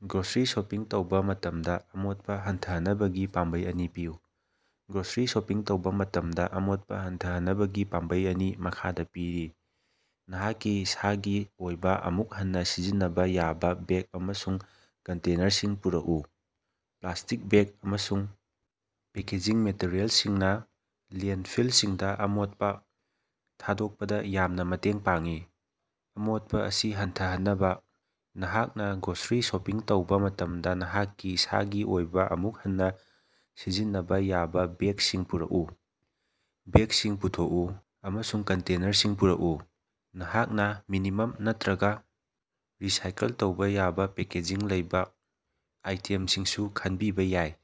Grocery shopping ꯇꯧꯕꯥ ꯃꯇꯝꯗꯥ ꯑꯃꯣꯠꯄꯥ ꯍꯟꯊꯍꯟꯅꯕꯒꯤ ꯄꯥꯝꯕꯩ ꯑꯅꯤ ꯄꯤꯌꯨ꯫ ꯒ꯭ꯔꯣꯁꯔꯤ ꯁꯣꯄꯤꯡ ꯇꯧꯕꯥ ꯃꯇꯝꯗꯥ ꯑꯃꯣꯠꯄꯥ ꯍꯟꯊꯍꯟꯅꯕꯒꯤ ꯄꯥꯝꯕꯩ ꯑꯅꯤ ꯃꯈꯥꯗꯥ ꯄꯤꯔꯤ꯫ ꯅꯍꯥꯛꯀꯤ ꯏꯁꯥꯒꯤ ꯑꯣꯏꯕꯥ ꯑꯃꯨꯛ ꯍꯟꯅꯥ ꯁꯤꯖꯤꯟꯅꯕꯥ ꯌꯥꯕꯥ ꯕꯦꯛ ꯑꯃꯁꯨꯡ ꯀꯟꯇꯦꯅꯔꯁꯤꯡ ꯄꯨꯔꯛꯎ꯫ ꯄ꯭ꯂꯥꯁꯇꯤꯛ ꯕꯦꯛ ꯑꯃꯁꯨꯡ ꯄꯦꯀꯦꯖꯤꯡ ꯃꯦꯇꯔꯤꯑꯦꯜꯁꯤꯡꯅꯥ ꯂꯦꯟꯗꯐꯤꯜꯁꯤꯡꯗꯥ ꯑꯃꯣꯠꯄꯥ ꯊꯥꯗꯣꯛꯄꯗꯥ ꯌꯥꯝꯅ ꯃꯇꯦꯡ ꯄꯥꯡꯏ꯫ ꯑꯃꯣꯠꯄꯥ ꯑꯁꯤ ꯍꯟꯊꯍꯟꯅꯕꯥ, ꯅꯍꯥꯛꯅꯥ ꯒ꯭ꯔꯣꯁꯔꯤ ꯁꯣꯄꯤꯡ ꯇꯧꯕꯥ ꯃꯇꯝꯗꯥ ꯅꯍꯥꯛꯀꯤ ꯏꯁꯥꯒꯤ ꯑꯣꯏꯕꯥ ꯑꯃꯨꯛ ꯍꯟꯅꯥ ꯁꯤꯖꯤꯟꯅꯕꯥ ꯌꯥꯕꯥ ꯕꯦꯛꯁꯤꯡ ꯄꯨꯔꯛꯎ, ꯕꯦꯛꯁꯤꯡ ꯄꯨꯊꯣꯛꯎ ꯑꯃꯁꯨꯡ ꯀꯟꯇꯦꯅꯔꯁꯤꯡ ꯄꯨꯔꯛꯎ꯫ ꯅꯍꯥꯛꯅꯥ ꯃꯤꯅꯤꯃꯝ ꯅꯠꯇ꯭ꯔꯒꯥ ꯔꯤꯁꯥꯏꯀꯜ ꯇꯧꯕꯥ ꯌꯥꯕꯥ ꯄꯦꯀꯦꯖꯤꯡ ꯂꯩꯕꯥ ꯑꯥꯏꯇꯦꯝꯁꯤꯡꯁꯨ ꯈꯟꯕꯤꯕꯥ ꯌꯥꯏ꯫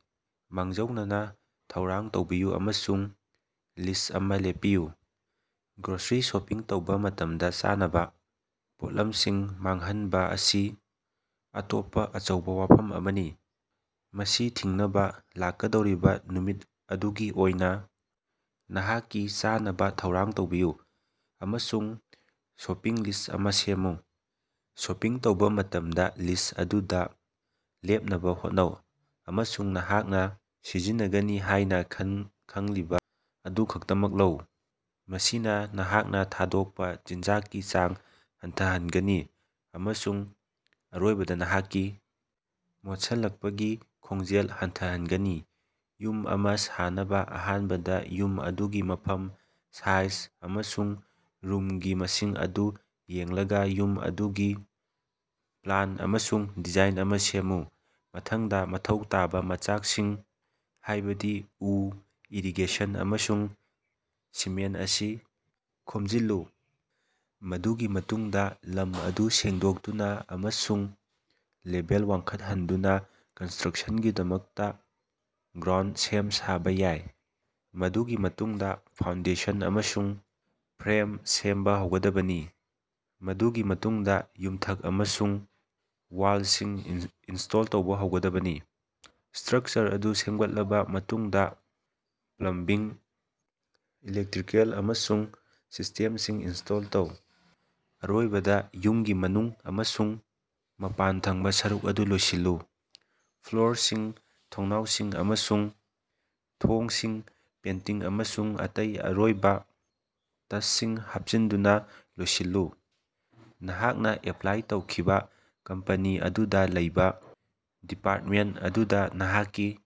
ꯃꯥꯡꯖꯧꯅꯅꯥ ꯊꯧꯔꯥꯡ ꯇꯧꯕꯤꯌꯨ ꯑꯃꯁꯨꯡ ꯂꯤꯁ ꯑꯃꯗꯥ ꯂꯦꯞꯄꯤꯌꯨ꯫ ꯒ꯭ꯔꯣꯁꯔꯤ ꯁꯣꯄꯤꯡ ꯇꯧꯕꯥ ꯃꯇꯝꯗꯥ ꯆꯥꯅꯕꯥ ꯄꯣꯠꯂꯝꯁꯤꯡ ꯃꯥꯡꯍꯟꯕꯥ ꯑꯁꯤ ꯑꯇꯣꯞꯄꯥ ꯑꯆꯧꯕꯥ ꯋꯥꯐꯝ ꯑꯃꯅꯤ꯫ ꯃꯁꯤ ꯊꯤꯡꯅꯕꯥ, ꯂꯥꯛꯀꯗꯧꯔꯤꯕꯥ ꯅꯨꯃꯤꯠ ꯑꯗꯨꯒꯤ ꯑꯣꯏꯅꯥ ꯅꯍꯥꯛꯀꯤ ꯆꯥꯅꯕꯥ ꯊꯧꯔꯥꯡ ꯇꯧꯕꯤꯌꯨ ꯑꯃꯁꯨꯡ ꯁꯣꯄꯤꯡ ꯂꯤꯁ ꯑꯃꯥ ꯁꯦꯝꯃꯨ꯫ ꯁꯣꯄꯤꯡ ꯇꯧꯕꯥ ꯃꯇꯝꯗꯥ ꯂꯤꯁ ꯑꯗꯨꯗꯥ ꯂꯦꯞꯅꯕꯥ ꯍꯣꯠꯅꯧ ꯑꯃꯁꯨꯡ ꯅꯍꯥꯛꯅꯥ ꯁꯤꯖꯤꯟꯅꯒꯅꯤ ꯍꯥꯏꯅꯥ ꯈꯪꯂꯤꯕꯥ ꯑꯗꯨ ꯈꯛꯇꯃꯛ ꯂꯧ꯫ ꯃꯁꯤꯅꯥ ꯅꯍꯥꯛꯅꯥ ꯊꯥꯗꯣꯛꯄꯥ ꯆꯤꯟꯖꯥꯛꯀꯤ ꯆꯥꯡ ꯍꯟꯊꯍꯟꯒꯅꯤ ꯑꯃꯁꯨꯡ ꯑꯔꯣꯏꯕꯗꯥ ꯅꯍꯥꯛꯀꯤ ꯃꯣꯠꯁꯜꯂꯛꯄꯒꯤ ꯈꯣꯡꯖꯦꯜ ꯍꯟꯊꯍꯟꯒꯅꯤ꯫ ꯌꯨꯝ ꯑꯃꯥ ꯁꯥꯅꯕꯥ ꯑꯍꯥꯟꯕꯗꯥ ꯌꯨꯝ ꯑꯗꯨꯒꯤ ꯃꯐꯝ, ꯁꯥꯏꯖ ꯑꯃꯁꯨꯡ ꯔꯨꯝꯒꯤ ꯃꯁꯤꯡ ꯑꯗꯨ ꯌꯦꯡꯂꯒꯥ, ꯌꯨꯝ ꯑꯗꯨꯒꯤ ꯄ꯭ꯂꯥꯟ ꯑꯃꯁꯨꯡ ꯗꯤꯖꯥꯏꯟ ꯑꯃꯥ ꯁꯦꯝꯃꯨ꯫ ꯃꯊꯪꯗꯥ, ꯃꯊꯧ ꯇꯥꯕꯥ ꯃꯆꯥꯛꯁꯤꯡ, ꯍꯥꯏꯕꯗꯤ ꯎ, ꯏꯔꯤꯒꯦꯁꯟ ꯑꯃꯁꯨꯡ ꯁꯤꯃꯦꯟꯇ ꯑꯁꯤ ꯈꯣꯝꯖꯤꯜꯂꯨ꯫ ꯃꯗꯨꯒꯤ ꯃꯇꯨꯡꯗꯥ ꯂꯝ ꯑꯗꯨ ꯁꯦꯡꯗꯣꯛꯇꯨꯅꯥ ꯑꯃꯁꯨꯡ ꯂꯦꯚꯦꯜ ꯋꯥꯡꯈꯠꯍꯟꯗꯨꯅꯥ ꯀꯟꯁꯇ꯭ꯔꯛꯁꯟꯒꯤꯗꯃꯛꯇꯥ ꯒ꯭ꯔꯥꯎꯟꯗ ꯁꯦꯝ-ꯁꯥꯕꯥ ꯌꯥꯏ꯫ ꯃꯗꯨꯒꯤ ꯃꯇꯨꯡꯗꯥ ꯐꯥꯎꯟꯗꯦꯁꯟ ꯑꯃꯁꯨꯡ ꯐ꯭ꯔꯦꯝ ꯁꯦꯝꯕꯥ ꯍꯧꯒꯗꯕꯅꯤ, ꯃꯗꯨꯒꯤ ꯃꯇꯨꯡꯗꯥ ꯌꯨꯝꯊꯛ ꯑꯃꯁꯨꯡ ꯋꯥꯜꯁꯤꯡ ꯏꯟꯁꯇꯣꯜ ꯇꯧꯕꯥ ꯍꯧꯒꯗꯕꯅꯤ꯫ ꯏꯁꯇ꯭ꯔꯛꯆꯔ ꯑꯗꯨ ꯁꯦꯝꯒꯠꯂꯕꯥ ꯃꯇꯨꯡꯗꯥ, ꯄ꯭ꯂꯝꯕꯤꯡ, ꯏꯂꯦꯛꯇ꯭ꯔꯤꯀꯦꯜ ꯑꯃꯁꯨꯡ ꯁꯤꯁꯇꯦꯝꯁꯤꯡ ꯏꯟꯁꯇꯣꯜ ꯇꯧ꯫ ꯑꯔꯣꯏꯕꯗꯥ, ꯌꯨꯝꯒꯤ ꯃꯅꯨꯡ ꯑꯃꯁꯨꯡ ꯃꯄꯥꯟꯊꯪꯕꯥ ꯁꯔꯨꯛ ꯑꯗꯨ ꯂꯣꯏꯁꯤꯜꯂꯨ, ꯐ꯭ꯂꯣꯔꯁꯤꯡ, ꯊꯣꯡꯅꯥꯎꯁꯤꯡ ꯑꯃꯁꯨꯡ ꯊꯣꯡꯁꯤꯡ ꯄꯦꯟꯇꯤꯡ ꯑꯃꯁꯨꯡ ꯑꯇꯩ ꯑꯔꯣꯏꯕꯥ ꯇꯁꯁꯤꯡ ꯍꯥꯞꯆꯤꯟꯗꯨꯅꯥ ꯂꯣꯏꯁꯜꯂꯨ꯫ ꯅꯍꯥꯛꯅꯥ ꯑꯦꯄ꯭ꯂꯥꯏ ꯇꯧꯈꯤꯕꯥ ꯀꯝꯄꯅꯤ ꯑꯗꯨꯗꯥ ꯂꯩꯕꯥ ꯗꯤꯄꯥꯔꯇꯃꯦꯟꯇ ꯑꯗꯨꯗꯥ ꯅꯍꯥꯛꯀꯤ